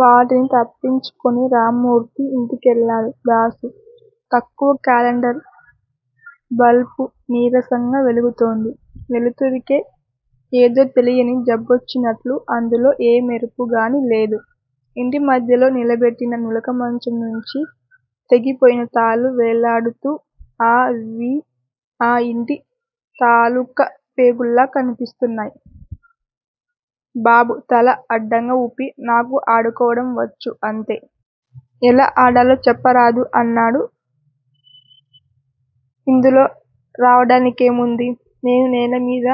వాటిని తప్పించుకుని రామ్మూర్తి ఇంటికెళ్ళాడు దాసు. తక్కువ క్యాలెండర్ బల్బు నీరసంగా వెలుగుతోంది. వెలుతురికే ఏదో తెలియని జబ్బొచ్చినట్టు అందులో ఏ మెరుపుగానీ లేదు. ఇంటిమధ్యలో నిలబెట్టిన నులకమంచం నుంచి తెగిపోయిన తాళ్లు వేలాడుతూ అ వి ఆ ఇంటి తాలుకూ పేగుల్లా కనిపిస్తున్నాయి. బాబు తల అడ్డంగాఊపి నాకు ఆడుకోవడం వచ్చు అంతే! ఎలా ఆడాలో చెప్పడంరాదు అన్నాడు. ఇందులో రావడానికేముంది? నేను నేలమీద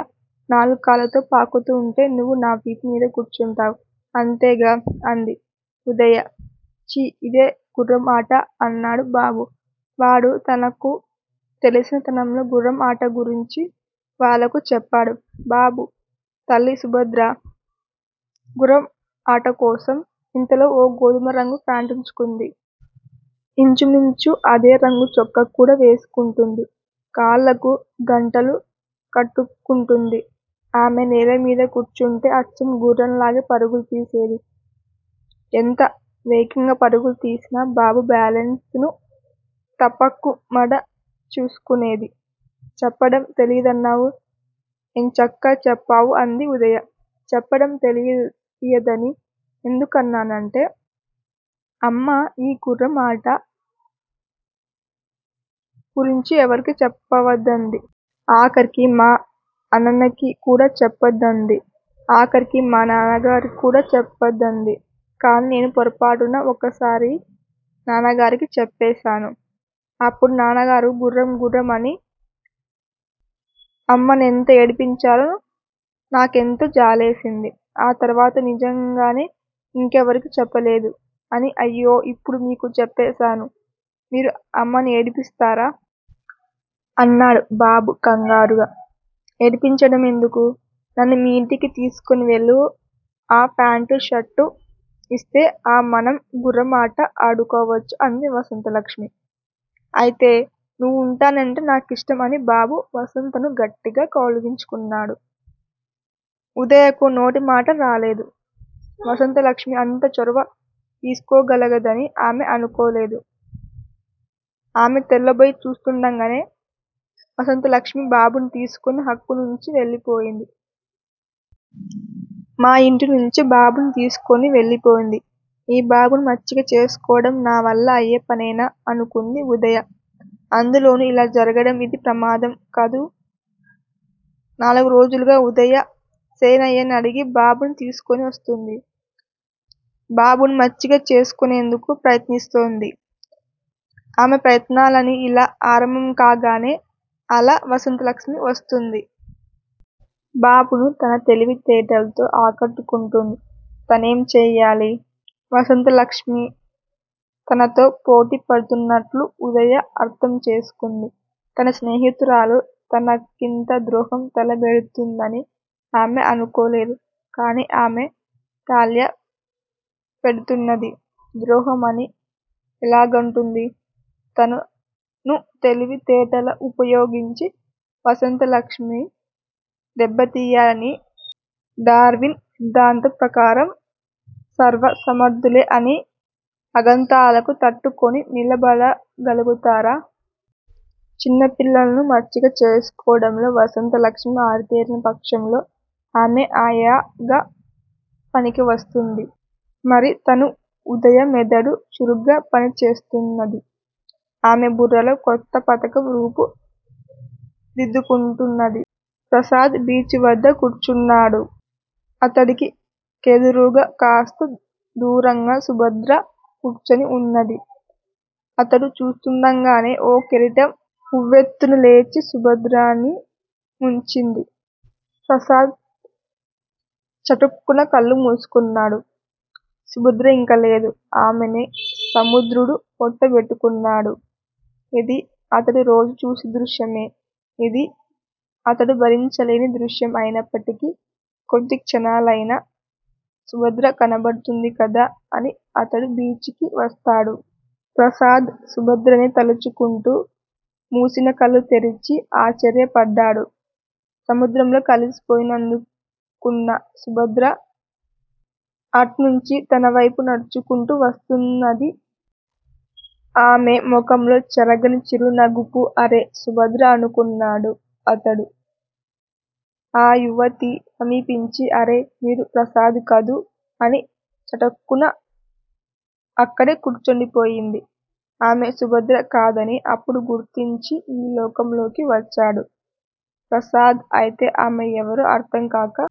నాలుగుకాళ్ళతో పాకుతూంటే నువ్వు నావీపుమీద కూర్చుంటావు. అంతేగా? అంది. ఉదయ. ఛీ ఇదేం గుఱ్ఱం అట అన్నాడు బాబు. వాడు తనకు తెలినతంలో గుఱ్ఱం అట గురించి వాళ్ళకు చెప్పాడు. బాబు తల్లి సుభద్ర గుఱ్ఱం అట కోసం ఇంతలో ఓ గోధుమరంగు ప్యాంటుంచుకుంది. ఇంచుమించు అదే రంగు చొక్కాకూడా వేసుకుంటుంది. కాళ్ళకు గంటలు కట్టుకుంటుంది. ఆమె నేలమీద కూర్చుంటే అచ్చం గుఱ్ఱం లాగే పరుగులు తీసేది. ఎంత వేగంగా పరుగులు తీసినా బాబు బ్యాలెన్సు తపకుమ్డా చూసుకునేది. చెప్పడం తెలియదన్నావు. ఎంచక్కా చెప్పావు అన్నది ఉదయ. చెప్పడం తెలియదని ఎందుకన్నానంటే అమ్మ ఈ గుఱ్ఱం అట గురించి ఎవరికీ చెప్పావద్దంది. ఆఖరికి మా అన్నన్నకికూడా చెప్పద్దంది. ఆఖరికి మా నన్నగరిఉకికూడా చెప్పద్దంది. కానీ నేను పొరపాటున ఒకసారి నాన్నగారికి చెప్పేశాను. అప్పుడు నాన్నగారు గుఱ్ఱం గుఱ్ఱం అని అమ్మనేంత ఏడిపించారో నాకెంతో జాలేసింది. ఆ తర్వాత నిజంగానే ఇంకెవ్వరికీ చెప్పలేదు అని అయ్యో ఇప్పుడు మీకు చెప్పేశాను మీరు అమ్మ నేడిపిస్తారా? ఆన్నాడు. బాబు కంగారుగా. ఏడిపించడంమెందుకు? నన్ను మీ యింటికి తీసుకునివెళ్ళి ఆపాంటూ షర్టూ ఇస్తే అమనం గుఱ్ఱమాట అడుకోవచ్చు అంది వసంతలక్ష్మి. అయితే నువ్వుంటేనే నాకిష్టం అని బాబు వసంతను గట్టిగా కౌగలించుకున్నాడు. ఉదయకు నోటమటారాలేదు. వసంతలక్ష్మిఅంత చొరవ తీసుకునగలదని ఆమె అనుకోలేదు. ఆమె తెల్లబోయి చూస్తుండగా వసంతలక్ష్మి బాబును తీసుకుని అక్కణ్ణుంచి వెళ్ళిపోయింది. మా యింటికివచ్చి బాబును తీసుకుని వెళ్ళిపోయింది. ఈ బాబును మచ్చిక చేసుకోవడం నవల్లయ్యే పనేనా? అనుకుంది. ఉదయ. అందులోనూ ఇలా జరగడం ఇది ప్రథమంకాదు. నలుగు రోజులుగా ఉదయ శేనయ్యనడిగి బాబును తీసుకునివస్తున్నది. బాబును మచ్చిక చేసుకునేందుకు ప్రయత్నిస్తోంది. ఆమె ప్రయత్నలిలా ఆరంభంకాగానే అల వసంతలక్ష్మి వస్తుంది. బాబును తన తెలివితేటలతో ఆకట్టుకుంటున్నది. తనెంచేయాలి? వసంతలక్ష్మి తనతో పోటీపడుతున్నట్లు ఉదయ అర్ధంచేసుకుంది. తన స్నేహితురాలు తనకింత ద్రోహం తలపెడుతుందని ఆమె అనుకోలేదు. కానీ ఆమె ట్యాల పెడుతున్నది. ద్రోహమని ఎలాగంటుంది? తనూ తెలివితేటలుపయోగించి వసంతలక్ష్మి దెబ్బతీయాలి డార్వీన్ సిద్దాంతం ప్రకారం సర్వసమర్ధులే అన్ని అఘాతలకూ తట్టుకుని నిలబడగల్గుతారు. చిన్నపిల్లల్ని మచ్చిక చేసుకోవడంలో వసంతలక్ష్మి అరితేరినపక్షంలో ఆమె ఆయాగా పనికివస్తుంది. మరితను ఉదయ మెదడు చురుగ్గా పనిచేస్తున్నది. ఆమె బుర్రలో కొత్తపథకం రూపు దిద్దుకుంటున్నది. ప్రసాద్ బీచివద్ద కూర్చున్నాడు. అతడి కెదురుగా కాస్త దూరంగా సుభద్ర కూర్చుని ఉన్నది. అతడు చూస్తుండగా ఓ కెరటం ఉవ్వెత్తునలేచి సుభద్రను ముంచింది. ప్రసాద్ చటుక్కున కళ్ళు మూసుకున్నాడు. సుభద్ర ఇంకలేదు. ఆమెను సముద్రుడు పొట్టబెట్టుకున్నాడు. ఇది అతడు రోజూ చూసే దృశ్యమే! ఇది అతడు భరించలేని దృశ్యం అయినప్పుటికి కొద్దిక్షణాలైనా సుభద్ర కనబడుతుందిగదా అని అతడు బీచికి వస్తాడు. ప్రసాదు సుభద్రనే తల్చుకుంటూ మూసినకళ్ళు తెరచి ఆశ్చర్యపడ్డాడు. సముద్రంలో కలసిపోయిందనుకున్న సుభద్ర అట్నించి తనవైపే నడుచుకుంటూ వస్తున్నది. ఆమె ముఖంలో చెరగని చిరునగపు అరే సుభద్ర అనుకున్నాడతడు. ఆ యువతి సమీపించి __ అరే __ మీరు ప్రసాద్ కదూ అని చటుక్కున అక్కడే కూర్చుండిపోయింది. ఆమె సుభద్ర కాదని అప్పుడు గుర్తించి ఈ లోకంలోకి వచ్చాడు. ప్రసాదు అయితే ఆమె ఎవరో అర్ధంకాక